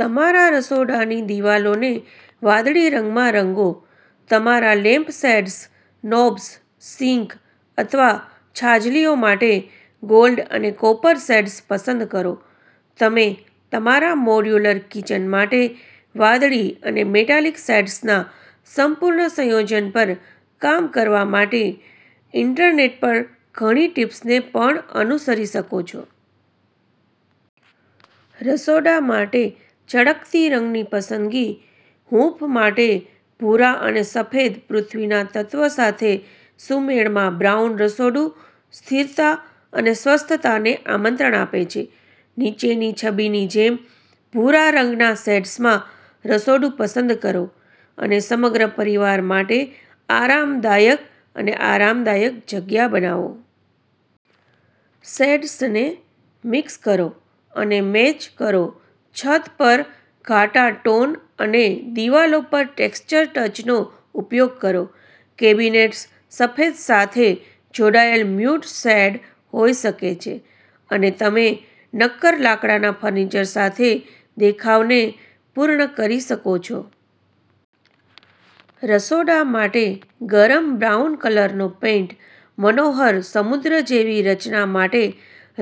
તમારા રસોડાની દિવાલોને વાદળી રંગમાં રંગો. તમારા લેમ્પશેડ્સ, નોબ્સ, સિંક અથવા છાજલીઓ માટે ગોલ્ડ અને કોપર શેડ્સ પસંદ કરો. તમે તમારા મોડ્યુલર કિચન માટે વાદળી અને મેટાલિક શેડ્સના સંપૂર્ણ સંયોજન પર કામ કરવા માટે ઇન્ટરનેટ પર ઘણી ટીપ્સને પણ અનુસરી શકો છો. રસોડા માટે ચળકતી રંગની પસંદગી હૂંફ માટે ભૂરા અને સફેદ પૃથ્વીના તત્વ સાથે સુમેળમાં બ્રાઉન રસોડું સ્થિરતા અને સ્વસ્થતાને આમંત્રણ આપે છે. નીચેની છબીની જેમ, ભૂરા રંગના શેડ્સમાં રસોડું પસંદ કરો અને સમગ્ર પરિવાર માટે આરામદાયક અને આરામદાયક જગ્યા બનાવો. શેડ્સને મિક્સ કરો અને મેચ કરોછત પર ઘાટા ટોન અને દિવાલો પર ટેક્ષ્ચર ટચનો ઉપયોગ કરો. કેબિનેટ્સ સફેદ સાથે જોડાયેલ મ્યૂટ શેડ હોઈ શકે છે, અને તમે નક્કર લાકડાના ફર્નિચર સાથે દેખાવને પૂર્ણ કરી શકો છો. રસોડા માટે ગરમ બ્રાઉન કલરનો પેઇન્ટ મનોહર સમુદ્ર જેવી રચના માટે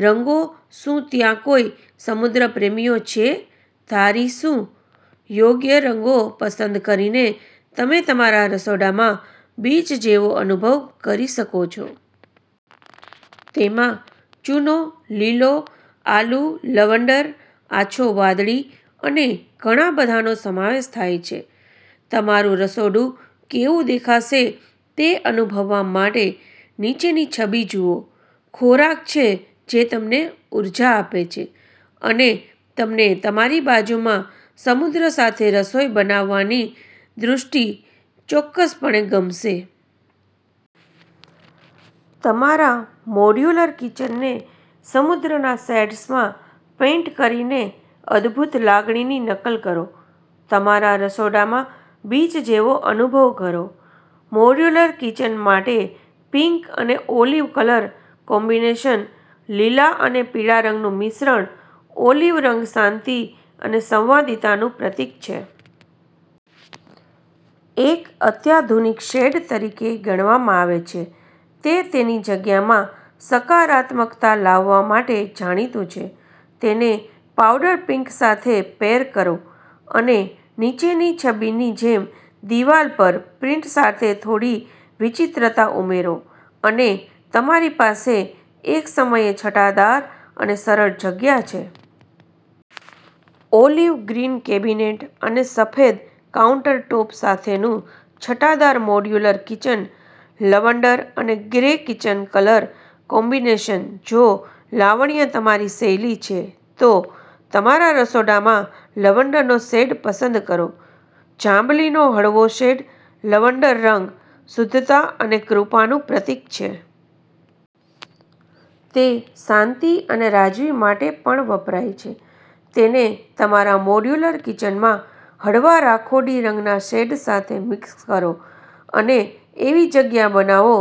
રંગો શું ત્યાં કોઈ સમુદ્ર પ્રેમીઓ છે? ધારી શું? યોગ્ય રંગો પસંદ કરીને તમે તમારા રસોડામાં બીચ જેવો અનુભવ કરી શકો છો. તેમાં ચૂનો લીલો, આલૂ, લવંડર, આછો વાદળી અને ઘણા બધાનો સમાવેશ થાય છે. તમારું રસોડું કેવું દેખાશે તે અનુભવવા માટે નીચેની છબી જુઓ. ખોરાકછે જે તમને ઉર્જા આપે છે, અને તમને તમારી બાજુમાં સમુદ્ર સાથે રસોઈ બનાવવાની દૃષ્ટિ ચોક્કસપણે ગમશે. તમારા મોડ્યુલર કિચનને સમુદ્રના શેડ્સમાં પેઇન્ટ કરીનેઅદ્ભુત લાગણીની નકલ કરો. તમારા રસોડામાં બીચ જેવો અનુભવ કરો મોડ્યુલર કિચન માટે પિંક અને ઓલિવ કલર કોમ્બિનેશન લીલા અને પીળા રંગનું મિશ્રણ, ઓલિવ રંગ શાંતિ અને સંવાદિતાનું પ્રતીક છે. એક અત્યાધુનિક શેડ તરીકે ગણવામાં આવે છે, તે તેની જગ્યામાં સકારાત્મકતા લાવવા માટે જાણીતું છે. તેને પાઉડર પિંક સાથે પેર કરો અને નીચેની છબીની જેમદિવાલ પર પ્રિન્ટ સાથે થોડી વિચિત્રતા ઉમેરો અને તમારી પાસે એકસમયે છટાદાર અને સરળ જગ્યા છે. ઓલિવ ગ્રીન કેબિનેટ અને સફેદ કાઉન્ટરટૉપ સાથેનું છટાદાર મોડ્યુલર કિચન. લવંડર અને ગ્રે કિચન કલર કોમ્બિનેશન જો લાવણ્ય તમારી શૈલી છે, તો તમારા રસોડામાં લવંડરનો શેડ પસંદ કરો. જાંબલીનો હળવો શેડ, લવંડર રંગ, શુદ્ધતા અને કૃપાનું પ્રતીક છે. તે શાંતિ અને રાજવી માટે પણ વપરાય છે. તેને તમારા મોડ્યુલર કિચનમાં હળવા રાખોડી રંગના શેડ સાથે મિક્સ કરો અને એવી જગ્યા બનાવો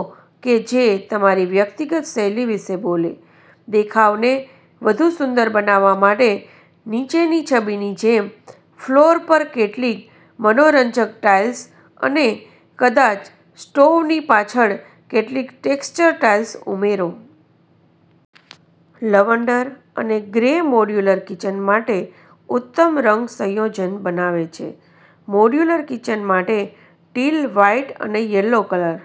કે જે તમારી વ્યક્તિગત શૈલી વિશે બોલે. દેખાવને વધુ સુંદર બનાવવા માટે, નીચેની છબીની જેમ, ફ્લોર પર કેટલીક મનોરંજક ટાઇલ્સ અને કદાચ સ્ટોવની પાછળ કેટલીક ટેક્ષ્ચર ટાઇલ્સ ઉમેરો. લવંડર અને ગ્રે મોડ્યુલર કિચન માટે ઉત્તમ રંગ સંયોજન બનાવે છે. મોડ્યુલર કિચન માટે ટીલ, વ્હાઇટ અને યલો કલર